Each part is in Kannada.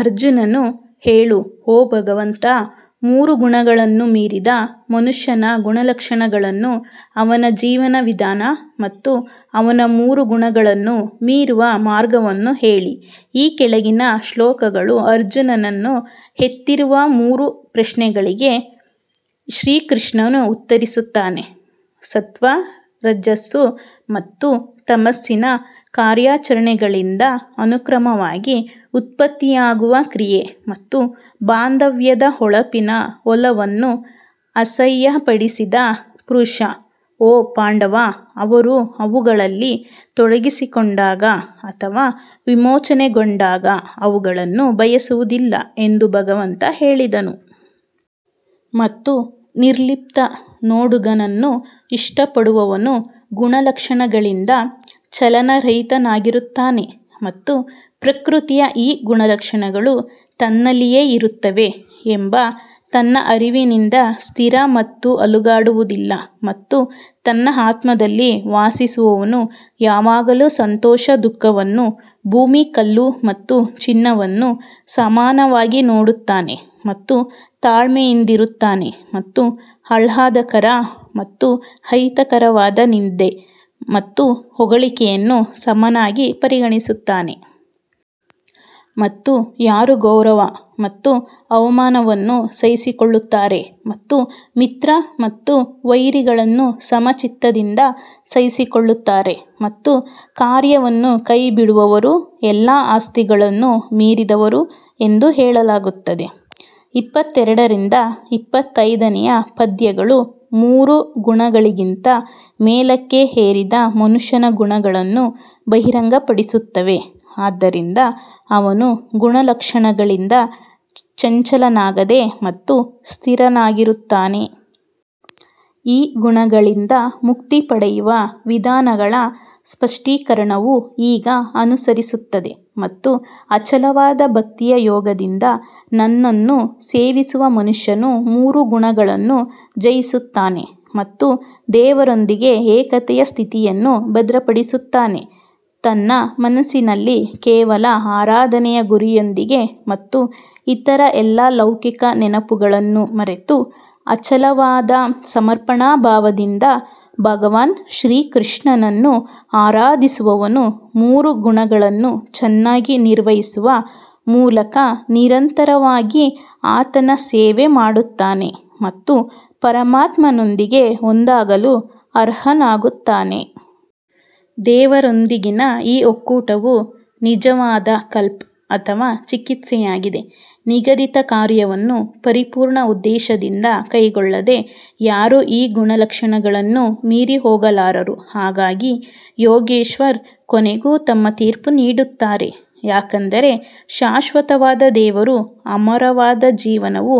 ಅರ್ಜುನನು ಹೇಳು ಓ ಭಗವಂತ, ಮೂರು ಗುಣಗಳನ್ನು ಮೀರಿದ ಮನುಷ್ಯನ ಗುಣಲಕ್ಷಣಗಳನ್ನು ಅವನ ಜೀವನ ವಿಧಾನ ಮತ್ತು ಅವನು ಮೂರು ಗುಣಗಳನ್ನು ಮೀರುವ ಮಾರ್ಗವನ್ನು ಹೇಳಿ. ಈ ಕೆಳಗಿನ ಶ್ಲೋಕಗಳು ಅರ್ಜುನನು ಎತ್ತಿರುವ ಮೂರು ಪ್ರಶ್ನೆಗಳಿಗೆ ಶ್ರೀಕೃಷ್ಣನು ಉತ್ತರಿಸುತ್ತಾನೆ ಸತ್ತ್ವ ರಜಸ್ಸು ಮತ್ತು ತಮಸ್ಸಿನ ಕಾರ್ಯಾಚರಣೆಗಳಿಂದ ಅನುಕ್ರಮವಾಗಿ ಉತ್ಪತ್ತಿಯಾಗುವ ಕ್ರಿಯೆ ಮತ್ತು ಬಾಂಧವ್ಯದ ಹೊಳಪಿನ ಒಲವನ್ನು ಅಸಹ್ಯಪಡಿಸದ ಪುರುಷ ಓ ಪಾಂಡವ ಅವರು ಅವುಗಳಲ್ಲಿ ತೊಡಗಿಸಿಕೊಂಡಾಗ ಅಥವಾ ವಿಮೋಚನೆಗೊಂಡಾಗ ಅವುಗಳನ್ನು ಬಯಸುವುದಿಲ್ಲ ಎಂದು ಭಗವಂತ ಹೇಳಿದನು. ಮತ್ತು ನಿರ್ಲಿಪ್ತ ನೋಡುಗನನ್ನು ಇಷ್ಟಪಡುವವನು ಗುಣಲಕ್ಷಣಗಳಿಂದ ಚಲನರಹಿತನಾಗಿರುತ್ತಾನೆ ಮತ್ತು ಪ್ರಕೃತಿಯ ಈ ಗುಣಲಕ್ಷಣಗಳು ತನ್ನಲ್ಲಿಯೇ ಇರುತ್ತವೆ ಎಂಬ ಅವನ ಅರಿವಿನಿಂದ ಸ್ಥಿರ ಮತ್ತು ಅಲುಗಾಡುವುದಿಲ್ಲ. ಮತ್ತು ತನ್ನ ಆತ್ಮದಲ್ಲಿ ವಾಸಿಸುವವನು ಯಾವಾಗಲೂ ಸಂತೋಷ ದುಃಖವನ್ನು ಭೂಮಿ ಕಲ್ಲು ಮತ್ತು ಚಿನ್ನವನ್ನು ಸಮಾನವಾಗಿ ನೋಡುತ್ತಾನೆ ಮತ್ತು ತಾಳ್ಮೆಯಿಂದಿರುತ್ತಾನೆ ಮತ್ತು ಆಹ್ಲಾದಕರ ಮತ್ತು ಅಹಿತಕರವಾದ ನಿಂದೆ ಮತ್ತು ಹೊಗಳಿಕೆಯನ್ನು ಸಮನಾಗಿ ಪರಿಗಣಿಸುತ್ತಾನೆ. ಮತ್ತು ಯಾರು ಗೌರವ ಮತ್ತು ಅವಮಾನವನ್ನು ಸಹಿಸಿಕೊಳ್ಳುತ್ತಾರೆ ಮತ್ತು ಮಿತ್ರ ಮತ್ತು ವೈರಿಗಳನ್ನು ಸಮಚಿತ್ತದಿಂದ ಸಹಿಸಿಕೊಳ್ಳುತ್ತಾರೆ ಮತ್ತು ಕಾರ್ಯವನ್ನು ಕೈಬಿಡುವವರು ಎಲ್ಲಾ ಆಸ್ತಿಗಳನ್ನು ಮೀರಿದವರು ಎಂದು ಹೇಳಲಾಗುತ್ತದೆ. ಇಪ್ಪತ್ತೆರಡರಿಂದ ಇಪ್ಪತ್ತೈದನೆಯ ಪದ್ಯಗಳು ಮೂರು ಗುಣಗಳಿಗಿಂತ ಮೇಲಕ್ಕೆ ಏರಿದ ಮನುಷ್ಯನ ಗುಣಗಳನ್ನು ಬಹಿರಂಗಪಡಿಸುತ್ತವೆ ಆದ್ದರಿಂದ ಅವನು ಗುಣಲಕ್ಷಣಗಳಿಂದ ಚಂಚಲನಾಗದೆ ಮತ್ತು ಸ್ಥಿರನಾಗಿರುತ್ತಾನೆ. ಈ ಗುಣಗಳಿಂದ ಮುಕ್ತಿ ಪಡೆಯುವ ವಿಧಾನಗಳ ಸ್ಪಷ್ಟೀಕರಣವು ಈಗ ಅನುಸರಿಸುತ್ತದೆ ಮತ್ತು ಅಚಲವಾದ ಭಕ್ತಿಯ ಯೋಗದಿಂದ ನನ್ನನ್ನು ಸೇವಿಸುವ ಮನುಷ್ಯನು ಮೂರು ಗುಣಗಳನ್ನು ಜಯಿಸುತ್ತಾನೆ ಮತ್ತು ದೇವರೊಂದಿಗೆ ಏಕತೆಯ ಸ್ಥಿತಿಯನ್ನು ಭದ್ರಪಡಿಸುತ್ತಾನೆ. ತನ್ನ ಮನಸ್ಸಿನಲ್ಲಿ ಕೇವಲ ಆರಾಧನೆಯ ಗುರಿಯೊಂದಿಗೆ ಮತ್ತು ಇತರ ಎಲ್ಲ ಲೌಕಿಕ ನೆನಪುಗಳನ್ನು ಮರೆತು ಅಚಲವಾದ ಸಮರ್ಪಣಾಭಾವದಿಂದ ಭಗವಾನ್ ಶ್ರೀಕೃಷ್ಣನನ್ನು ಆರಾಧಿಸುವವನು ಮೂರು ಗುಣಗಳನ್ನು ಚೆನ್ನಾಗಿ ನಿರ್ವಹಿಸುವ ಮೂಲಕ ನಿರಂತರವಾಗಿ ಆತನ ಸೇವೆ ಮಾಡುತ್ತಾನೆ ಮತ್ತು ಪರಮಾತ್ಮನೊಂದಿಗೆ ಒಂದಾಗಲು ಅರ್ಹನಾಗುತ್ತಾನೆ. ದೇವರೊಂದಿಗಿನ ಈ ಒಕ್ಕೂಟವು ನಿಜವಾದ ಕಲ್ಪ್ ಅಥವಾ ಚಿಕಿತ್ಸೆಯಾಗಿದೆ ನಿಗದಿತ ಕಾರ್ಯವನ್ನು ಪರಿಪೂರ್ಣ ಉದ್ದೇಶದಿಂದ ಕೈಗೊಳ್ಳದೆ ಯಾರೂ ಈ ಗುಣಲಕ್ಷಣಗಳನ್ನು ಮೀರಿ ಹೋಗಲಾರರು ಹಾಗಾಗಿ ಯೋಗೇಶ್ವರ್ ಕೊನೆಗೂ ತಮ್ಮ ತೀರ್ಪು ನೀಡುತ್ತಾರೆ ಯಾಕಂದರೆ ಶಾಶ್ವತವಾದ ದೇವರು ಅಮರವಾದ ಜೀವನವು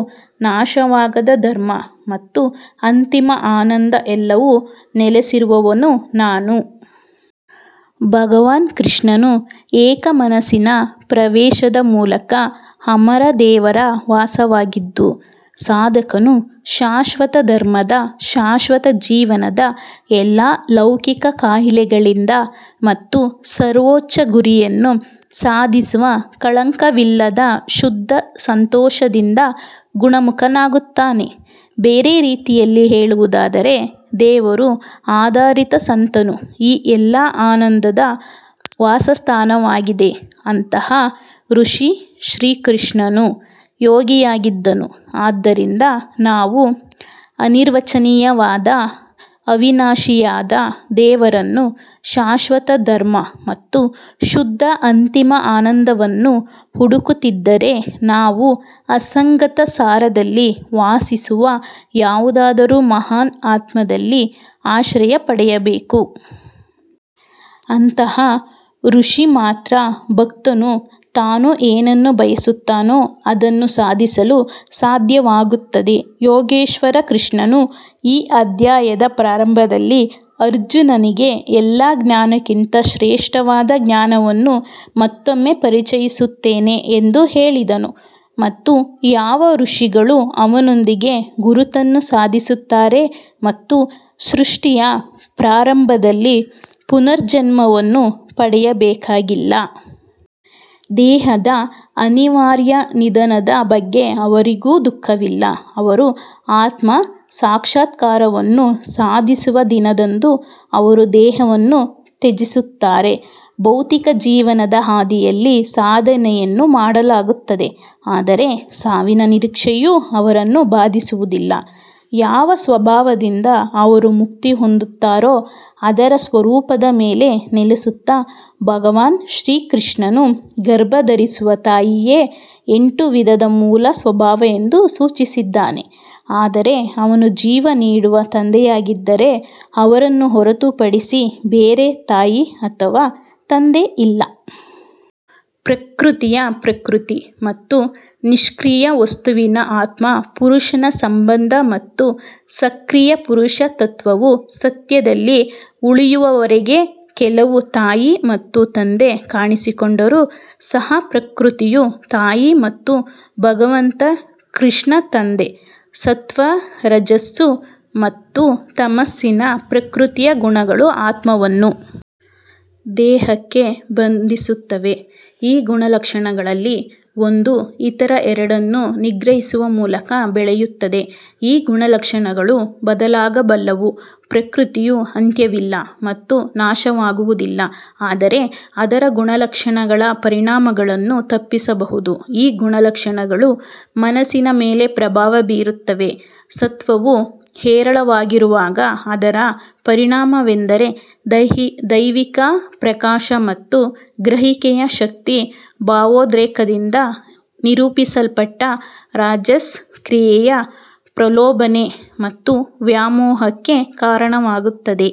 ನಾಶವಾಗದ ಧರ್ಮ ಮತ್ತು ಅಂತಿಮ ಆನಂದ ಎಲ್ಲವೂ ನೆಲೆಸಿರುವವನು ನಾನು. ಭಗವಾನ್ ಕೃಷ್ಣನು ಏಕ ಮನಸ್ಸಿನ ಪ್ರವೇಶದ ಮೂಲಕ ಅಮರ ದೇವರ ವಾಸವಾಗಿದ್ದು, ಸಾಧಕನು ಶಾಶ್ವತ ಧರ್ಮದ ಶಾಶ್ವತ ಜೀವನದ ಎಲ್ಲಾ ಲೌಕಿಕ ಕಾಯಿಲೆಗಳಿಂದ ಮತ್ತು ಸರ್ವೋಚ್ಚ ಗುರಿಯನ್ನು ಸಾಧಿಸುವ ಕಳಂಕವಿಲ್ಲದ ಶುದ್ಧ ಸಂತೋಷದಿಂದ ಗುಣಮುಖನಾಗುತ್ತಾನೆ. ಬೇರೆ ರೀತಿಯಲ್ಲಿ ಹೇಳುವುದಾದರೆ, ದೇವರು ಆಧಾರಿತ ಸಂತನು ಈ ಎಲ್ಲಾ ಆನಂದದ ವಾಸಸ್ಥಾನವಾಗಿದೆ ಅಂತಹ ಋಷಿ ಶ್ರೀಕೃಷ್ಣನು ಯೋಗಿಯಾಗಿದ್ದನು ಆದ್ದರಿಂದ ನಾವು ಅನಿರ್ವಚನೀಯವಾದ ಅವಿನಾಶಿಯಾದ ದೇವರನ್ನು ಶಾಶ್ವತ ಧರ್ಮ ಮತ್ತು ಶುದ್ಧ ಅಂತಿಮ ಆನಂದವನ್ನು ಹುಡುಕುತ್ತಿದ್ದರೆ ನಾವು ಅಸಂಗತ ಸಾರದಲ್ಲಿ ವಾಸಿಸುವ ಯಾವುದಾದರೂ ಮಹಾನ್ ಆತ್ಮದಲ್ಲಿ ಆಶ್ರಯ ಪಡೆಯಬೇಕು. ಅಂತಹ ಋಷಿ ಮಾತ್ರ ಭಕ್ತನು ತಾನು ಏನನ್ನು ಬಯಸುತ್ತಾನೋ ಅದನ್ನು ಸಾಧಿಸಲು ಸಾಧ್ಯವಾಗುತ್ತದೆ ಯೋಗೇಶ್ವರ ಕೃಷ್ಣನು ಈ ಅಧ್ಯಾಯದ ಪ್ರಾರಂಭದಲ್ಲಿ ಅರ್ಜುನನಿಗೆ ಎಲ್ಲಾ ಜ್ಞಾನಕ್ಕಿಂತ ಶ್ರೇಷ್ಠವಾದ ಜ್ಞಾನವನ್ನು ಮತ್ತೊಮ್ಮೆ ಪರಿಚಯಿಸುತ್ತೇನೆ ಎಂದು ಹೇಳಿದನು ಮತ್ತು ಯಾವ ಋಷಿಗಳು ಅವನೊಂದಿಗೆ ಗುರುತನ್ನು ಸಾಧಿಸುತ್ತಾರೆ ಮತ್ತು ಸೃಷ್ಟಿಯ ಪ್ರಾರಂಭದಲ್ಲಿ ಪುನರ್ಜನ್ಮವನ್ನು ಪಡೆಯಬೇಕಾಗಿಲ್ಲ. ದೇಹದ ಅನಿವಾರ್ಯ ನಿಧನದ ಬಗ್ಗೆ ಅವರಿಗೂ ದುಃಖವಿಲ್ಲ ಅವರು ಆತ್ಮ ಸಾಕ್ಷಾತ್ಕಾರವನ್ನು ಸಾಧಿಸುವ ದಿನದಂದು ಅವರು ದೇಹವನ್ನು ತ್ಯಜಿಸುತ್ತಾರೆ ಭೌತಿಕ ಜೀವನದ ಹಾದಿಯಲ್ಲಿ ಸಾಧನೆಯನ್ನು ಮಾಡಲಾಗುತ್ತದೆ ಆದರೆ ಸಾವಿನ ನಿರೀಕ್ಷೆಯೂ ಅವರನ್ನು ಬಾಧಿಸುವುದಿಲ್ಲ ಯಾವ ಸ್ವಭಾವದಿಂದ ಅವರು ಮುಕ್ತಿ ಹೊಂದುತ್ತಾರೋ ಅದರ ಸ್ವರೂಪದ ಮೇಲೆ ನೆಲೆಸುತ್ತಾ ಭಗವಾನ್ ಶ್ರೀಕೃಷ್ಣನು ಗರ್ಭಧರಿಸುವ ತಾಯಿಯೇ ಎಂಟು ವಿಧದ ಮೂಲ ಸ್ವಭಾವ ಎಂದು ಸೂಚಿಸಿದ್ದಾನೆ ಆದರೆ ಅವನು ಜೀವ ನೀಡುವ ತಂದೆಯಾಗಿದ್ದರೆ ಅವರನ್ನು ಹೊರತುಪಡಿಸಿ ಬೇರೆ ತಾಯಿ ಅಥವಾ ತಂದೆ ಇಲ್ಲ. ಪ್ರಕೃತಿಯ ಪ್ರಕೃತಿ ಮತ್ತು ನಿಷ್ಕ್ರಿಯ ವಸ್ತುವಿನ ಆತ್ಮ ಪುರುಷನ ಸಂಬಂಧ ಮತ್ತು ಸಕ್ರಿಯ ಪುರುಷ ತತ್ವವು ಸತ್ಯದಲ್ಲಿ ಉಳಿಯುವವರೆಗೆ ಕೆಲವು ತಾಯಿ ಮತ್ತು ತಂದೆ ಕಾಣಿಸಿಕೊಂಡರೂ ಸಹ ಪ್ರಕೃತಿಯು ತಾಯಿ ಮತ್ತು ಭಗವಂತ ಕೃಷ್ಣ ತಂದೆ. ಸತ್ತ್ವ ರಜಸ್ಸು ಮತ್ತು ತಮಸ್ಸಿನ ಪ್ರಕೃತಿಯ ಗುಣಗಳು ಆತ್ಮವನ್ನು ದೇಹಕ್ಕೆ ಬಂಧಿಸುತ್ತವೆ ಈ ಗುಣಲಕ್ಷಣಗಳಲ್ಲಿ ಒಂದು ಇತರ ಎರಡನ್ನು ನಿಗ್ರಹಿಸುವ ಮೂಲಕ ಬೆಳೆಯುತ್ತದೆ ಈ ಗುಣಲಕ್ಷಣಗಳು ಬದಲಾಗಬಲ್ಲವು ಪ್ರಕೃತಿಯು ಅಂತ್ಯವಿಲ್ಲ ಮತ್ತು ನಾಶವಾಗುವುದಿಲ್ಲ ಆದರೆ ಅದರ ಗುಣಲಕ್ಷಣಗಳ ಪರಿಣಾಮಗಳನ್ನು ತಪ್ಪಿಸಬಹುದು ಈ ಗುಣಲಕ್ಷಣಗಳು ಮನಸ್ಸಿನ ಮೇಲೆ ಪ್ರಭಾವ ಬೀರುತ್ತವೆ ಸತ್ವವು ಹೇರಳವಾಗಿರುವಾಗ ಅದರ ಪರಿಣಾಮವೆಂದರೆ ದೈವಿಕ ಪ್ರಕಾಶ ಮತ್ತು ಗ್ರಹಿಕೆಯ ಶಕ್ತಿ ಭಾವೋದ್ರೇಕದಿಂದ ನಿರೂಪಿಸಲ್ಪಟ್ಟ ರಾಜಸ್ ಕ್ರಿಯೆಯ ಪ್ರಲೋಭನೆ ಮತ್ತು ವ್ಯಾಮೋಹಕ್ಕೆ ಕಾರಣವಾಗುತ್ತದೆ.